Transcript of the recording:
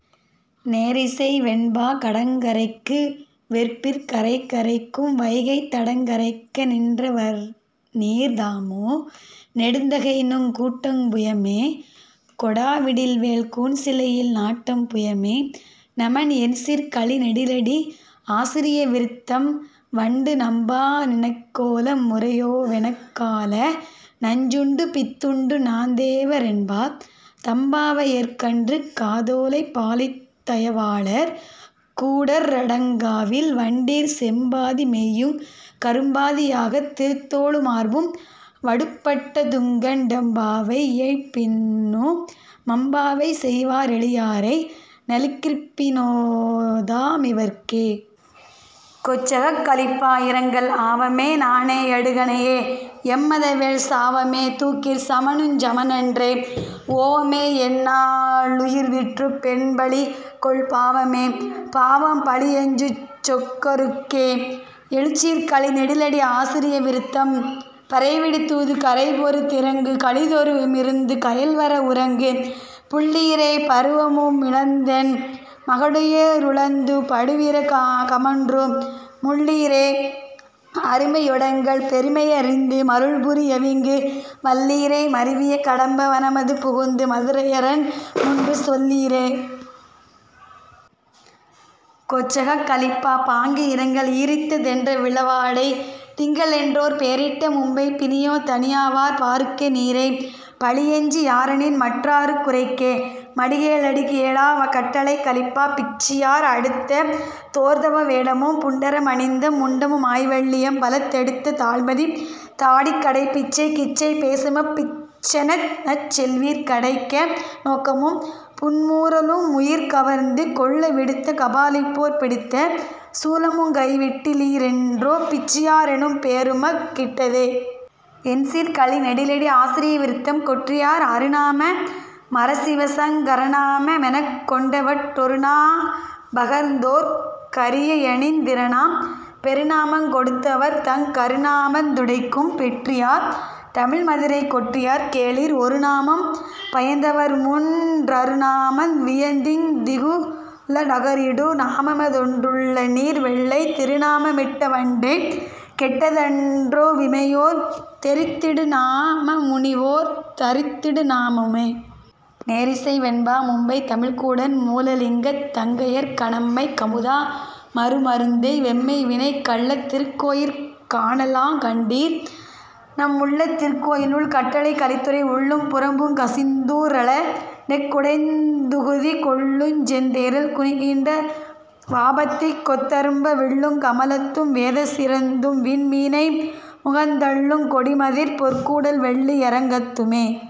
நேரிசை வெண்பா கடங்கரைக்கு வெற்பிற் கரைகரைக்கும் வைகைத் தடங்கரைக்க ணின்றவர்நீர் தாமோ-நெடுந்தகைநுங் கூட்டம் புயமே கொடாவிடில்வேள் கூன்சிலையில் நாட்டம் புயமே நமன். எண்சீர்க் கழிநெடிலடி ஆசிரிய விருத்தம் வண்டு நம்பாநி னக்கோல முறையோவெ னக்கால நஞ்சுண்டு பித்துண்டு நாந்தேவ ரென்பார் தம்பாவை யர்க்கன்று காதோலை பாலித்த தயவாளர் கூடற் றடங்காவில் வண்டீர் செம்பாதி மெய்யுங் கரும்பாதி யாகத் திருத்தோளு மார்பும் வடுப்பட்ட துங்கண் டெம்பாவை யைப்பின்னு மம்பாவை செய்வா ரெளியாரை நலிகிற்பி னோதா மிவர்க்கே. கொச்சகக் கலிப்பா இரங்கல் ஆவமே நாணே யடுகணையே யம்மதவேள் சாவமே தூக்கிற் சமனுஞ் சமனன்றே ஓவமே யன்னா ளுயிர்விற்றுப் பெண்பழிகொள் பாவமே பாவம் பழியஞ்சுஞ் சொக்கருக்கே. எழுசீர்க் கழிநெடிலடி ஆசிரிய விருத்தம் பறவைவிடு தூது கரைபொரு திரங்கு கழிதொறு மிருந்து கயல்வர வுறங்கு புள்ளீரே பருவமு மிழந்தென் மகடுய ருழந்து படுவிர கமொன்று முள்ளீரே அருமையொ டெங்கள் பெருமையை யறிந்து மருள்புரி யவிங்கு வல்லீரே மருவிய கடம்ப வனமது புகுந்து மதுரையரன் முன்பு சொல்லீரே. கொச்சகக் கலிப்பா பாங்கி இரங்கல் ஈரித்த தென்ற விளவாடை திங்களென்றோர் பேரிட்ட மும்மைப் பிணியோ தணியாவாற் பாருக்கு ணீரே பழியஞ்சி யாரெனின்மற் றாருக் குரைக்கே மடிகே ளடிகேளோ. கட்டளைக் கலிப்பா பிச்சியார் அடுத்த தோர்தவ வேடமும் புண்டர மணிந்த முண்டமு மாய்வெள்ளி யம்பலத் தெடுத்த தாள்பதித் தாடிக் கடைப்பிச்சைக் கிச்சை பேசுமப் பிச்சனெ னச்செல்வீர் கடைக்க ணோக்கமும் புன்மூர லும்முயிர் கவர்ந்து கொள்ள விடுத்த கபாலிபோற் பிடித்த சூலமுங் கைவிட்டி லீரென்றோ பிச்சியாரெனும் பேருமக் கிட்டதே. எண்சீர்க் கழிநெடிலடி ஆசிரிய விருத்தம் கொற்றியார் அருநாம மரசிவசங் கரநாம மெனக்கொண் டவற்றொருநா மம்பகர்ந்தோர்க் கரியயனிந் திரனாம் பெருநாமங் கொடுத்தவர்தங் கருநாமந் துடைக்கும் பெற்றியார் தமிழ்மதுரைக் கொற்றியார் கேளீர் ஒருநாமம் பயந்தவர்முன் றருநாமந் வியந்திங் திகுலரிடு நாமமதொன் றுள்ளநீர் வெள்ளைத் திருநாம மிட்டவன்றே கெட்டதன்றோ விமையோர் தெரித்திடுநா மமுமுனிவோர் தரித்திடுநா மமுமே. நேரிசை வெண்பா மும்மைத் தமிழ்க்கூடன் மூலலிங்கத் தங்கயற்க ணம்மைக் கமுதா மருமருந்தை வெம்மைவினைக் கள்ளத் திருக்கோயிற் காணலாங் கண்டீர்நம் முள்ளத் திருக்கோயி லுள். கட்டளைக் கலித்துறை உள்ளும் புறம்புங் கசிந்தூற் றெழநெக் குடைந்துகுதி கொள்ளுஞ்செந் தேறல் குனிக்கின்ற வாபத்திக் கொத்தரும்ப விள்ளுங் கமலத்தும் வேத சிரந்தும்விண் மீனைமுகந் தள்ளுங் கொடிமதிற் பொற்கூடல் வெள்ளி யரங்கத்துமே.